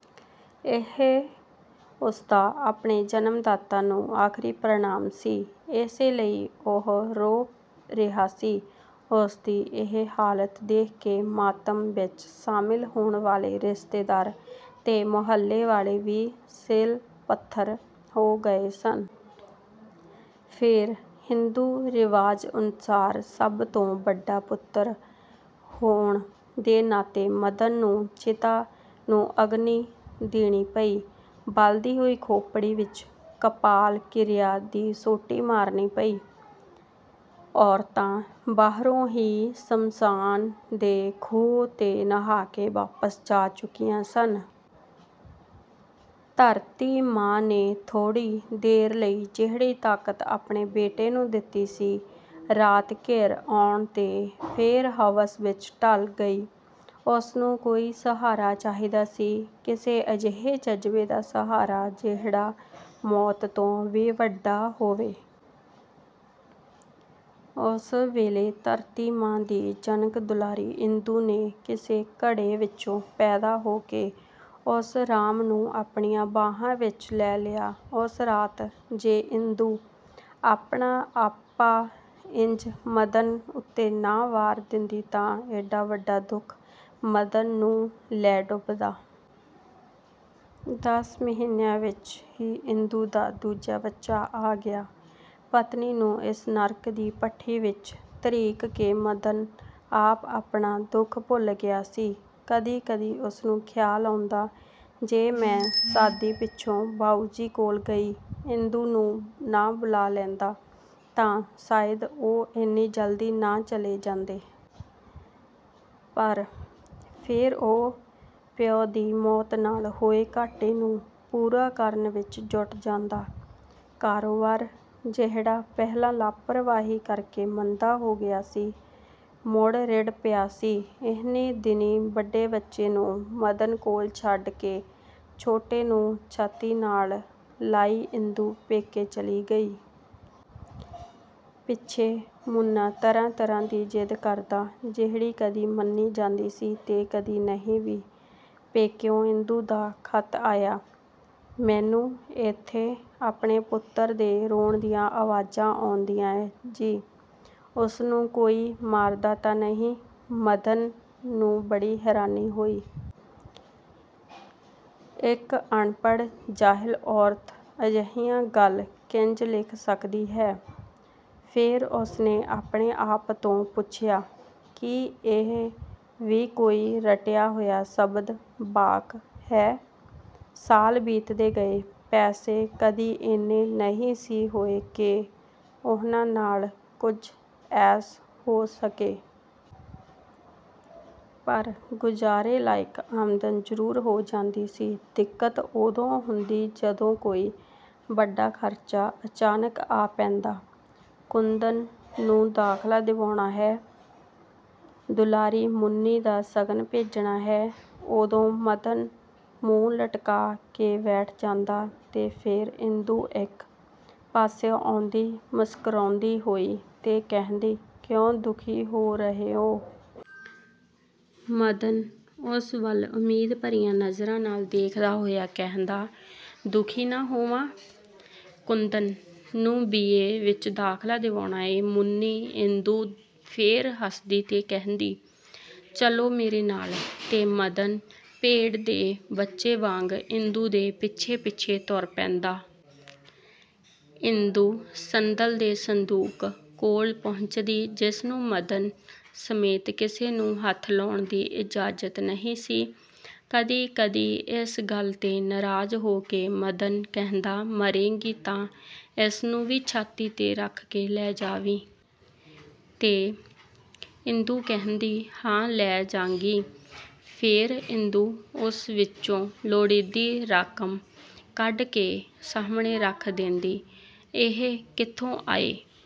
ਇਹ ਉਸਦਾ ਆਪਣੇ ਜਨਮ ਦਾਤਾ ਨੂੰ ਆਖ਼ਰੀ ਪ੍ਰਣਾਮ ਸੀ ਇਸੇ ਲਈ ਉਹ ਰੋ ਰਿਹਾ ਸੀ। ਉਸਦੀ ਇਹ ਹਾਲਤ ਦੇਖ ਕੇ ਮਾਤਮ ਵਿਚ ਸ਼ਾਮਿਲ ਹੋਣ ਵਾਲੇ ਰਿਸ਼ਤੇਦਾਰ ਤੇ ਮੁਹੱਲੇ ਵਾਲੇ ਵੀ ਸਿਲ–ਪੱਥਰ ਹੋ ਗਏ ਸਨ। ਫੇਰ ਹਿੰਦੂ ਰਿਵਾਜ਼ ਅਨੁਸਾਰ ਸਭ ਤੋਂ ਵੱਡਾ ਪੁੱਤਰ ਹੋਣ ਦੇ ਨਾਤੇ ਮਦਨ ਨੂੰ ਚਿਤਾ ਨੂੰ ਅੱਗਨੀ ਦੇਣੀ ਪਈ। ਬਲਦੀ ਹੋਈ ਖੋਪੜੀ ਵਿਚ ਕਪਾਲ ਕ੍ਰਿਆ ਦੀ ਸੋਟੀ ਮਾਰਨੀ ਪਈ… ਔਰਤਾਂ ਬਾਹਰੋਂ ਹੀ ਸ਼ਮਸ਼ਾਨ ਦੇ ਖੂਹ 'ਤੇ ਨਹਾਅ ਕੇ ਵਾਪਸ ਜਾ ਚੁੱਕੀਆਂ ਸਨ। ਧਰਤੀ ਮਾਂ ਨੇ ਥੋੜ੍ਹੀ ਦੇਰ ਲਈ ਜਿਹੜੀ ਤਾਕਤ ਆਪਣੇ ਬੇਟੇ ਨੂੰ ਦਿਤੀ ਸੀ, ਰਾਤ ਘਿਰ ਆਉਣ ਤੇ ਫੇਰ ਹਵਸ ਵਿਚ ਢਲ ਗਈ… ਉਸਨੂੰ ਕੋਈ ਸਹਾਰਾ ਚਾਹੀਦਾ ਸੀ। ਕਿਸੇ ਅਜਿਹੇ ਜਜ਼ਬੇ ਦਾ ਸਹਾਰਾ, ਜਿਹੜਾ ਮੌਤ ਤੋਂ ਵੀ ਵੱਡਾ ਹੋਵੇ। ਉਸ ਵੇਲੇ ਧਰਤੀ ਮਾਂ ਦੀ ਧੀ, ਜਨਕ ਦੁਲਾਰੀ ਇੰਦੂ ਨੇ ਕਿਸੇ ਘੜੇ ਵਿਚੋਂ ਪੈਦਾ ਹੋ ਕੇ ਉਸ ਰਾਮ ਨੂੰ ਆਪਣੀਆਂ ਬਾਹਾਂ ਵਿਚ ਲੈ ਲਿਆ… ਉਸ ਰਾਤ ਜੇ ਇੰਦੂ ਆਪਣਾ ਆਪਾ ਇੰਜ ਮਦਨ ਉੱਤੇ ਨਾ ਵਾਰ ਦਿੰਦੀ ਤਾਂ ਏਡਾ ਵੱਡਾ ਦੁੱਖ ਮਦਨ ਨੂੰ ਲੈ ਡੁੱਬਦਾ। ਦਸ ਮਹੀਨਿਆਂ ਵਿਚ ਹੀ ਇੰਦੂ ਦਾ ਦੂਜਾ ਬੱਚਾ ਆ ਗਿਆ। ਪਤਨੀ ਨੂੰ ਇਸ ਨਰਕ ਦੀ ਭੱਠੀ ਵਿਚ ਧਰੀਕ ਕੇ ਮਦਨ ਆਪ ਆਪਣਾ ਦੁੱਖ ਭੁੱਲ ਗਿਆ ਸੀ। ਕਦੀ ਕਦੀ ਉਸਨੂੰ ਖ਼ਿਆਲ ਆਉਂਦਾ, ਜੇ ਮੈਂ ਸ਼ਾਦੀ ਪਿੱਛੋਂ ਬਾਊਜੀ ਕੋਲ ਗਈ ਇੰਦੂ ਨੂੰ ਨਾ ਬੁਲਾਅ ਲੈਂਦਾ ਤਾਂ ਸ਼ਾਇਦ ਉਹ ਏਨੀ ਜਲਦੀ ਨਾ ਚਲੇ ਜਾਂਦੇ। ਪਰ ਫੇਰ ਉਹ ਪਿਓ ਦੀ ਮੌਤ ਨਾਲ ਹੋਏ ਘਾਟੇ ਨੂੰ ਪੂਰਾ ਕਰਨ ਵਿਚ ਜੁਟ ਜਾਂਦਾ… ਕਾਰੋਬਾਰ, ਜਿਹੜਾ ਪਹਿਲਾਂ ਲਾਪ੍ਰਵਾਹੀ ਕਰਕੇ ਮੰਦਾ ਹੋ ਗਿਆ ਸੀ, ਮੁੜ ਰਿੜ੍ਹ ਪਿਆ ਸੀ। ਇਹਨੀਂ ਦਿਨੀ ਵੱਡੇ ਬੱਚੇ ਨੂੰ ਮਦਨ ਕੋਲ ਛੱਡ ਕੇ, ਛੋਟੇ ਨੂੰ ਛਾਤੀ ਨਾਲ ਲਾਈ ਇੰਦੂ ਪੇਕੇ ਚਲੀ ਗਈ। ਪਿੱਛੇ ਮੁੰਨਾਂ ਤਰ੍ਹਾਂ–ਤਰ੍ਹਾਂ ਦੀ ਜ਼ਿਦ ਕਰਦਾ, ਜਿਹੜੀ ਕਦੀ ਮੰਨੀ ਜਾਂਦੀ ਸੀ ਤੇ ਕਦੀ ਨਹੀਂ ਵੀ। ਪੇਕਿਓਂ ਇੰਦੂ ਦਾ ਖ਼ਤ ਆਇਆ- 'ਮੈਨੂੰ ਏਥੇ ਆਪਣੇ ਪੁੱਤਰ ਦੇ ਰੋਣ ਦੀਆਂ ਆਵਾਜ਼ਾਂ ਆਉਂਦੀਐਂ ਜੀ, ਉਸਨੂੰ ਕੋਈ ਮਾਰਦਾ ਤਾਂ ਨਹੀਂ… ' ਮਦਨ ਨੂੰ ਬੜੀ ਹੈਰਾਨੀ ਹੋਈ। ਇਕ ਅਣਪੜ੍ਹ, ਜਾਹਿਲ ਔਰਤ ਅਜਿਹੀਆਂ ਗੱਲ ਕਿੰਜ ਲਿਖ ਸਕਦੀ ਹੈ? ਫੇਰ ਉਸਨੇ ਆਪਣੇ ਆਪ ਤੋਂ ਪੁੱਛਿਆ-'ਕੀ ਇਹ ਵੀ ਕੋਈ ਰਟਿਆ ਹੋਇਆ ਸ਼ਬਦ–ਵਾਕ ਹੈ? ' ਸਾਲ ਬੀਤਦੇ ਗਏ। ਪੈਸੇ ਕਦੀ ਏਨੇ ਨਹੀਂ ਸੀ ਹੋਏ ਕਿ ਉਹਨਾਂ ਨਾਲ ਕੁਝ ਐਸ਼ ਹੋ ਸਕੇ। ਪਰ ਗੁਜਾਰੇ ਲਾਇਕ ਆਮਦਨ ਜ਼ਰੂਰ ਹੋ ਜਾਂਦੀ ਸੀ। ਦਿੱਕਤ ਉਦੋਂ ਹੁੰਦੀ ਜਦੋਂ ਕੋਈ ਵੱਡਾ ਖ਼ਰਚਾ ਅਚਾਨਕ ਆ ਪੈਂਦਾ… ਕੁੰਦਨ ਨੂੰ ਦਾਖ਼ਲਾ ਦਿਵਾਉਣਾ ਹੈ, ਦੁਲਾਰੀ ਮੁੰਨੀ ਦਾ ਸ਼ਗਨ ਭੇਜਣਾ ਹੈ। ਉਦੋਂ ਮਦਨ ਮੂੰਹ ਲਟਕਾਅ ਕੇ ਬੈਠ ਜਾਂਦਾ ਤੇ ਫੇਰ ਇੰਦੂ ਇਕ ਪਾਸਿਓਂ ਆਉਂਦੀ ਮੁਸਕਰਾਉਂਦੀ ਹੋਈ ਤੇ ਕਹਿੰਦੀ, "ਕਿਉਂ ਦੁਖੀ ਹੋ ਰਹੇ ਓ? " ਮਦਨ ਉਸ ਵੱਲ ਉਮੀਦ ਭਰੀਆਂ ਨਜ਼ਰਾਂ ਨਾਲ ਦੇਖਦਾ ਹੋਇਆ ਕਹਿੰਦਾ, "ਦੁਖੀ ਨਾ ਹੋਵਾਂ? ਕੁੰਦਨ ਨੂੰ ਬੀ. ਏ. ਵਿਚ ਦਾਖਲਾ ਦਿਵਾਉਣਾ ਏਂ… ਮੁੰਨੀ… " ਇੰਦੂ ਫੇਰ ਹੱਸਦੀ ਤੇ ਕਹਿੰਦੀ, "ਚੱਲੋ ਮੇਰੇ ਨਾਲ। " ਤੇ ਮਦਨ ਭੇਡ ਦੇ ਬੱਚੇ ਵਾਂਗ ਇੰਦੂ ਦੇ ਪਿੱਛੇ–ਪਿੱਛੇ ਤੁਰ ਪੈਂਦਾ। ਇਦੂ ਸੰਦਲ ਦੇ ਸੰਦੂਕ ਕੋਲ ਪਹੁੰਚਦੀ, ਜਿਸਨੂੰ ਮਦਨ ਸਮੇਤ ਕਿਸੇ ਨੂੰ ਹੱਥ ਲਾਉਣ ਦੀ ਇਜਾਜ਼ਤ ਨਹੀਂ ਸੀ। ਕਦੀ ਕਦੀ ਇਸ ਗੱਲ 'ਤੇ ਨਾਰਾਜ਼ ਹੋ ਕੇ ਮਦਨ ਕਹਿੰਦਾ-"ਮਰੇਂਗੀ ਤਾਂ ਇਸ ਨੂੰ ਵੀ ਛਾਤੀ 'ਤੇ ਰੱਖ ਕੇ ਲੈ ਜਾਵੀਂ। " ਤੇ ਇੰਦੂ ਕਹਿੰਦੀ-"ਹਾਂ ਲੈ ਜਾਂ–ਗੀ। " ਫੇਰ ਇੰਦੂ ਉਸ ਵਿਚੋਂ ਲੋੜੀਂਦੀ ਰਕਮ ਕੱਢ ਕੇ ਸਾਹਮਣੇ ਰੱਖ ਦੇਂਦੀ। "ਇਹ ਕਿੱਥੋਂ ਆਏ?